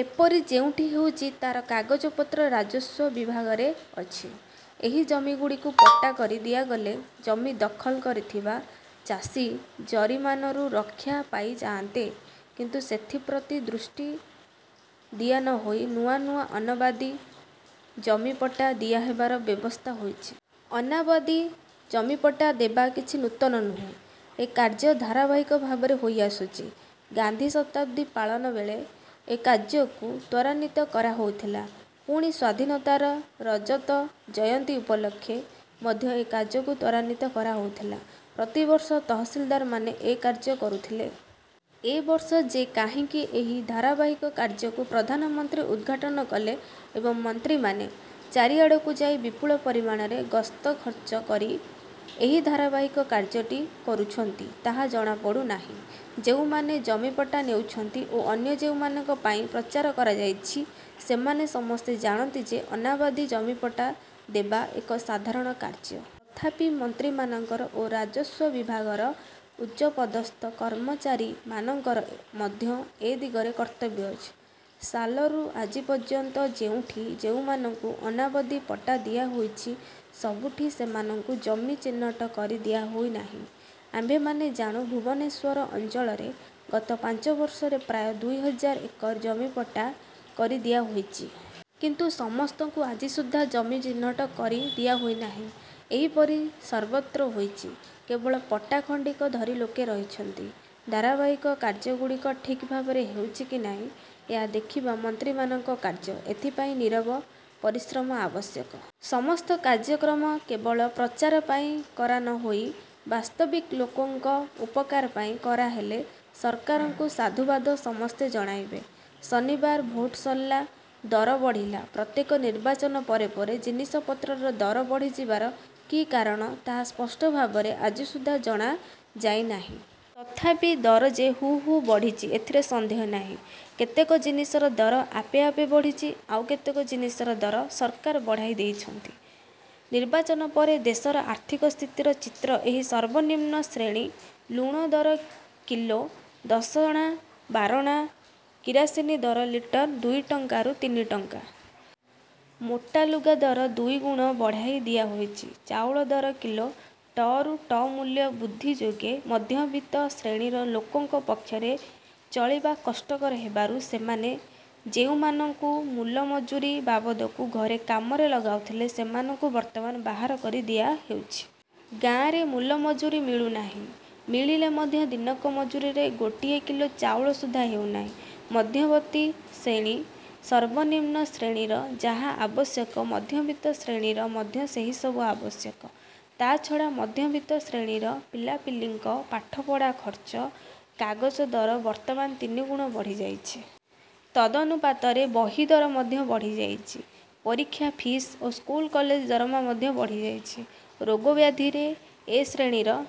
ଏପରି ଯେଉଁଠି ହେଉଛି ତା'ର କାଗଜପତ୍ର ରାଜସ୍ୱ ବିଭାଗରେ ଅଛି। ଏହି ଜମିଗୁଡ଼ିକୁ ପଟ୍ଟା କରି ଦିଆଗଲେ ଜମି ଦଖଲ କରିଥିବା ଚାଷୀ ଜରିମାନାରୁ ରକ୍ଷା ପାଇଯାଆନ୍ତେ। କିନ୍ତୁ ସେଥିପ୍ରତି ଦୃଷ୍ଟି ଦିଆ ନହୋଇ ନୂଆ ନୂଆ ଅନାବାଦୀ ଜମି ପଟ୍ଟା ଦିଆହେବାର ବ୍ୟବସ୍ଥା ହୋଇଛି। ଅନାବାଦୀ ଜମିପଟ୍ଟା ଦେବା କିଛି ନୂତନ ନୁହେଁ। ଏ କାର୍ଯ୍ୟ ଧାରାବାହିକ ଭାବରେ ହୋଇଆସୁଛି। ଗାନ୍ଧୀ ଶତାବ୍ଦୀ ପାଳନ ବେଳେ ଏ କାର୍ଯ୍ୟକୁ ତ୍ୱରାନ୍ୱିତ କରାହୋଇଥିଲା। ପୁଣି ସ୍ୱାଧୀନତାର ରଜତ ଜୟନ୍ତୀ ଉପଲକ୍ଷେ ମଧ୍ୟ ଏ କାର୍ଯ୍ୟକୁ ତ୍ୱରାନ୍ୱିତ କରାହୋଇଥିଲା। ପ୍ରତିବର୍ଷ ତହସିଲଦାରମାନେ ଏ କାର୍ଯ୍ୟ କରୁଥିଲେ-। ଏ ବର୍ଷ ଯେ କାହିଁକି ଏହି ଧାରାବାହିକ କାର୍ଯ୍ୟକୁ ପ୍ରଧାନମନ୍ତ୍ରୀ ଉଦ୍ଘାଟନ କଲେ ଏବଂ ମନ୍ତ୍ରୀମାନେ। ଚାରିଆଡ଼କୁ ଯାଇ ବିପୁଳ ପରିମାଣରେ ଗସ୍ତ ଖର୍ଚ୍ଚ କରି ଏହି ଧାରାବାହିକ କାର୍ଯ୍ୟଟି କରୁଛନ୍ତି ତାହା ଜଣାପଡ଼ୁ ନାହିଁ। ଯେଉଁମାନେ ଜମିପଟ୍ଟା ନେଉଛନ୍ତି ଓ ଅନ୍ୟ ଯେଉଁମାନଙ୍କ ପାଇଁ ପ୍ରଚାର କରାଯାଇଛି, ସେମାନେ ସମସ୍ତେ ଜାଣନ୍ତି ଯେ ଅନାବାଦୀ ଜମିପଟ୍ଟା ଦେବା ଏକ ସାଧାରଣ କାର୍ଯ୍ୟ। ତଥାପି ମନ୍ତ୍ରୀମାନଙ୍କର ଓ ରାଜସ୍ୱ ବିଭାଗର ଉଚ୍ଚପଦସ୍ଥ କର୍ମଚାରୀ ମାନଙ୍କର ମଧ୍ୟ ଏ ଦିଗରେ କର୍ତ୍ତବ୍ୟ ଅଛି। ସାଲରୁ ଆଜି ପର୍ଯ୍ୟନ୍ତ ଯେଉଁଠି ଯେଉଁମାନଙ୍କୁ ଅନାବାଦୀ ପଟ୍ଟା ଦିଆହୋଇଛି ସବୁଠି ସେମାନଙ୍କୁ ଜମି ଚିହ୍ନଟ କରି ଦିଆହୋଇ ନାହିଁ। ଆମ୍ଭେମାନେ ଜାଣୁଁ ଭୁବନେଶ୍ୱର ଅଞ୍ଚଳରେ ଗତ ପାଞ୍ଚ ବର୍ଷରେ ପ୍ରାୟ ଦୁଇ ହଜାର ଏକର ଜମିପଟ୍ଟା କରି ଦିଆହୋଇଛି-। କିନ୍ତୁ ସମସ୍ତଙ୍କୁ ଆଜି ସୁଦ୍ଧା ଜମି ଚିହ୍ନଟ କରି ଦିଆହୋଇ ନାହିଁ। ଏହିପରି ସର୍ବତ୍ର ହୋଇଛି-। କେବଳ ପଟ୍ଟା ଖଣ୍ଡିକ ଧରି ଲୋକେ ରହିଛନ୍ତି। ଧାରାବାହିକ କାର୍ଯ୍ୟଗୁଡ଼ିକ ଠିକ ଭାବରେ ହେଉଛି କି ନାହିଁ, ଏହା ଦେଖିବା ମନ୍ତ୍ରୀମାନଙ୍କ କାର୍ଯ୍ୟ। ଏଥିପାଇଁ ନୀରବ ପରିଶ୍ରମ ଆବଶ୍ୟକ-। ସମସ୍ତ କାର୍ଯ୍ୟକ୍ରମ କେବଳ ପ୍ରଚାର ପାଇଁ କରା ନହୋଇ ବାସ୍ତବିକ ଲୋକଙ୍କ ଉପକାର ପାଇଁ କରାହେଲେ ସରକାରଙ୍କୁ ସାଧୁବାଦ ସମସ୍ତେ ଜଣାଇବେ। ଶନିବାର ଭୋଟ ସରିଲା; ଦର ବଢ଼ିଲା ପ୍ରତ୍ୟେକ ନିର୍ବାଚନ ପରେ ପରେ ଜିନିଷପତ୍ରର ଦର ବଢ଼ିଯିବାର କି କାରଣ ତାହା ସ୍ପଷ୍ଟ ଭାବରେ ଆଜିସୁଦ୍ଧା ଜଣା ଯାଇନାହିଁ। ତଥାପି ଦର ଯେ ହୁ ହୁ ବଢ଼ିଛି ଏଥିରେ ସନ୍ଦେହ ନାହିଁ। କେତେକ ଜିନିଷର ଦର ଆପେ ଆପେ ବଢ଼ିଛି; ଆଉ କେତେକ ଜିନିଷର ଦର ସରକାର ବଢ଼ାଇ ଦେଉଛନ୍ତି। ନିର୍ବାଚନ ପରେ ଦେଶର ଆର୍ଥିକ ସ୍ଥିତିର ଚିତ୍ର ଏହି– ସର୍ବନିମ୍ନ ଶ୍ରେଣୀ-ଲୁଣ ଦର କିଲୋ ଦଶଣା-ବାରଣା, କିରାସିନୀ ଦର ଲିଟର ଦୁଇ ଟଙ୍କାରୁ ତିନିଟଙ୍କା। ମୋଟା ଲୁଗା ଦର ଦୁଇଗୁଣ ବଢ଼ାଇ ଦିଆହୋଇଛି। ଚାଉଳ ଦର କିଲୋ ଟ ରୁ ଟ ମୂଲ୍ୟ ବୃଦ୍ଧି ଯୋଗେ ମଧ୍ୟବିତ୍ତ ଶ୍ରେଣୀର ଲୋକଙ୍କ ପକ୍ଷରେ ଚଳିବା କଷ୍ଟକର ହେବାରୁ ସେମାନେ ଯେଉଁମାନଙ୍କୁ ମୂଲ-ମଜୁରୀ ବାବଦକୁ ଘରେ କାମରେ ଲଗାଉଥିଲେ ସେମାନଙ୍କୁ ବର୍ତ୍ତମାନ ବାହାର କରି ଦିଆହେଉଛି। ଗାଁରେ ମୂଲ ମଜୁରୀ ମିଳୁନାହିଁ। ମିଳିଲେ ମଧ୍ୟ ଦିନକ ମଜୁରୀରେ ଗୋଟିଏ କିଲୋ ଚାଉଳ ସୁଦ୍ଧା ହେଉନାହିଁ। ମଧ୍ୟବର୍ତ୍ତୀ ଶ୍ରେଣୀ– ସର୍ବନିମ୍ନ ଶ୍ରେଣୀର ଯାହା ଆବଶ୍ୟକ ମଧ୍ୟବିତ୍ତ ଶ୍ରେଣୀର ମଧ୍ୟ ସେହିସବୁ ଆବଶ୍ୟକ। ତା' ଛଡ଼ା ମଧ୍ୟବିତ୍ତ ଶ୍ରେଣୀର ପିଲା-ପିଲିଙ୍କ ପାଠପଢ଼ା ଖର୍ଚ୍ଚ। କାଗଜ ଦର ବର୍ତ୍ତମାନ ତିନିଗୁଣ ବଢ଼ିଯାଇଛି। ତଦନୁପାତରେ ବହି ଦର ମଧ୍ୟ ବଢ଼ିଯାଇଛି। ପରୀକ୍ଷା ଫିସ୍ ଓ ସ୍କୁଲ କଲେଜ ଦରମା ମଧ୍ୟ ବଢ଼ିଯାଇଛି। ରୋଗ ବ୍ୟାଧିରେ ଏ ଶ୍ରେଣୀର